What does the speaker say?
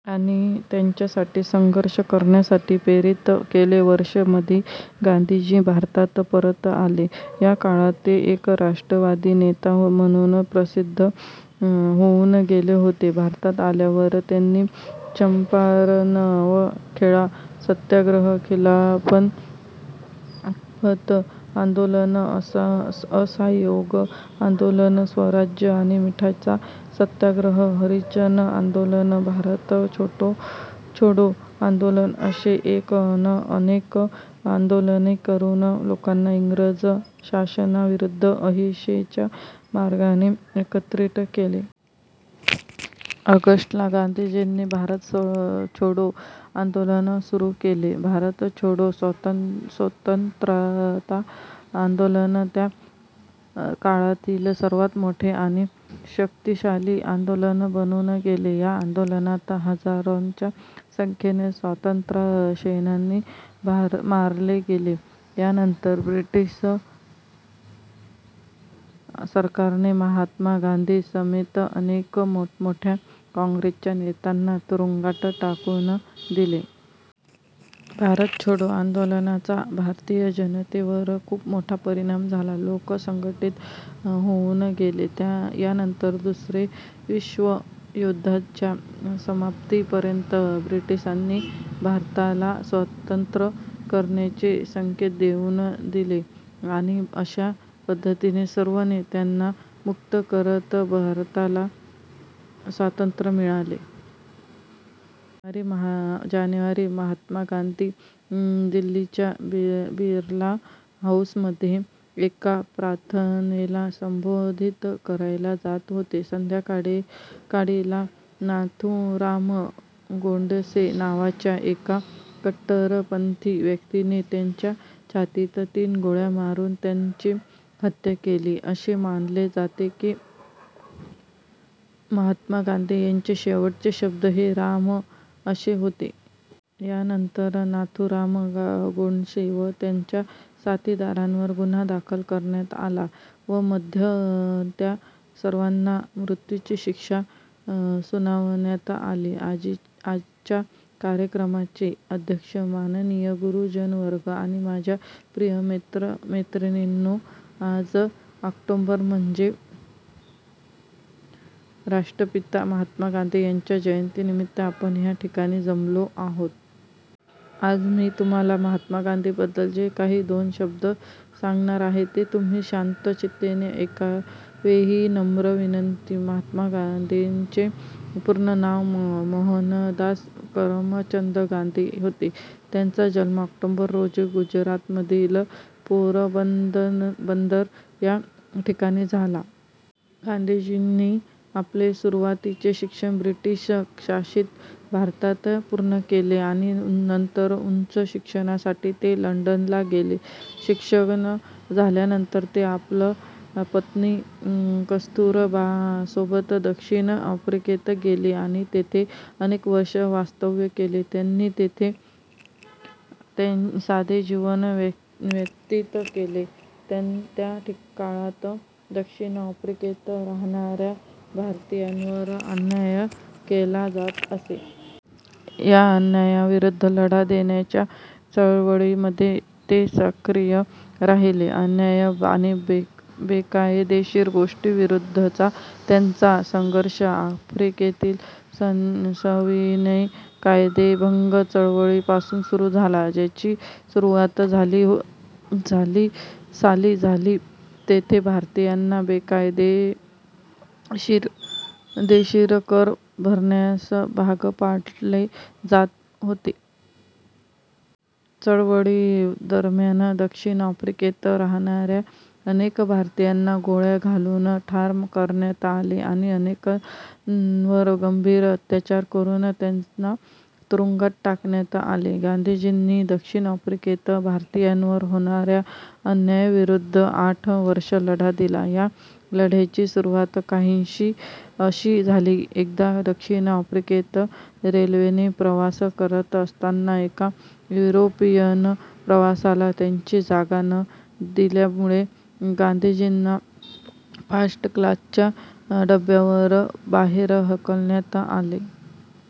आणि त्यासाठी संघर्ष करण्यासाठी प्रेरित केले. वर्ष मध्ये गांधीजी भारतात परत आले. या काळात ते एक राष्ट्रवादी नेता म्हणून प्रसिद्ध होऊन गेले होते. भारतात आल्यावर त्यांनी चंपारण व खेडा सत्याग्रह, खिलाफत आंदोलन, असहयोग आंदोलन, स्वराज्य आणि मिठाचा सत्याग्रह, हरिजन आंदोलन, भारत छोडो आंदोलन असे एक न अनेक आंदोलने करून लोकांना इंग्रज शासनाविरुद्ध अहिंसेच्या मार्गाने एकत्रित केले. ऑगस्ट ला गांधीजींनी भारत छोडो आंदोलन सुरू केले. भारत छोडो स्वतंत्रता आंदोलन त्या काळातील सर्वात मोठे आणि शक्तिशाली आंदोलन बनून गेले. या आंदोलनात हजारोंच्या संख्येने स्वातंत्र्यसेनानी मारले गेले. यानंतर ब्रिटीश सरकारने महात्मा गांधी समेत अनेक मोठमोठ्या काँग्रेसच्या नेतांना तुरुंगात टाकून दिले. भारत छोडो आंदोलनाचा भारतीय जनतेवर खूप मोठा परिणाम झाला. लोक संघटित होऊन गेले. यानंतर दुसरे विश्व युद्धाच्या समाप्तीपर्यंत ब्रिटिशांनी भारताला स्वातंत्र्य करण्याचे संकेत देऊन दिले आणि अशा पद्धतीने सर्व नेत्यांना मुक्त करत भारताला स्वातंत्र्य मिळाले. जानेवारी महात्मा गांधी दिल्लीच्या बिर्ला हाऊसमध्ये एका प्रार्थनेला संबोधित करायला जात होते. संध्याकाळी ला नाथूराम गोडसे नावाच्या एका कट्टरपंथी व्यक्तीने त्यांच्या छातीत तीन गोळ्या मारून त्यांची हत्या केली. असे मानले जाते की महात्मा गांधी यांचे शेवटचे शब्द 'हे राम' असे होते. यानंतर नाथूराम गोडसे व त्याच्या साथीदारांवर गुन्हा दाखल करण्यात आला व मध्ये त्या सर्वांना मृत्यूची शिक्षा सुनावण्यात आली. आजच्या कार्यक्रमाचे अध्यक्ष, माननीय गुरुजनवर्ग आणि माझ्या मित्र-मैत्रिणींनो. आज ऑक्टोंबर म्हणजेच राष्ट्रपिता महात्मा गांधी यांच्या जयंतीनिमित्त आपण या ठिकाणी जमलो आहोत. आज मी तुम्हाला महात्मा गांधी बद्दल जे काही दोन शब्द सांगणार आहे, ते तुम्ही शांत चित्ताने ऐकावे ही विनंती. महात्मा गांधींचे पूर्ण नाव मोहनदास करमचंद गांधी होते. त्यांचा जन्म ऑक्टोबर रोजी गुजरातमधील पोरबंदर या ठिकाणी झाला. गांधीजींनी आपले सुरुवातीचे शिक्षण ब्रिटिश शासित भारतात पूर्ण केले. आणि नंतर उच्च शिक्षणासाठी ते लंडनला गेले. शिक्षण झाल्यानंतर ते आपल्या पत्नी कस्तुरबांसोबत दक्षिण आफ्रिकेत गेले आणि तेथे अनेक वर्षे वास्तव्य केले. त्यांनी तेथे साधे जीवन व्यतीत केले, त्या काळात दक्षिण आफ्रिकेत राहणा-या भारतीयांवर अन्याय केला जात असे. या अन्यायाविरुद्ध लढा देण्याच्या चळवळींमध्ये ते सक्रिय राहिले. अन्याय आणि बेकायदेशीर गोष्टींविरुद्धचा त्यांचा संघर्ष आफ्रिकेतील सविनय कायदेभंग चळवळीपासून सुरू झाला, ज्याची सुरुवात साली झाली. तेथे भारतीयांना बेकायदेशीर कर भरण्यास भाग पाडले जात होते. चळवळीदरम्यान, दक्षिण आफ्रिकेत राहणाऱ्या अनेक भारतीयांना गोळ्या घालून ठार करण्यात आले आणि अनेकांवर गंभीर अत्याचार करून त्यांना तुरुंगात टाकण्यात आले. गांधीजींनी दक्षिण आफ्रिकेत भारतीयांवर होणाऱ्या अन्यायाविरुद्ध आठ वर्षे लढा दिला. या लढ्याची सुरवात काहीशी अशी झाली, एकदा दक्षिण आफ्रिकेत रेल्वेने प्रवास करत असताना एका युरोपियन प्रवाशाला त्याची जागा न दिल्यामुळे गांधीजींना फर्स्ट क्लासच्या डब्यातून बाहेर हकलण्यात आले.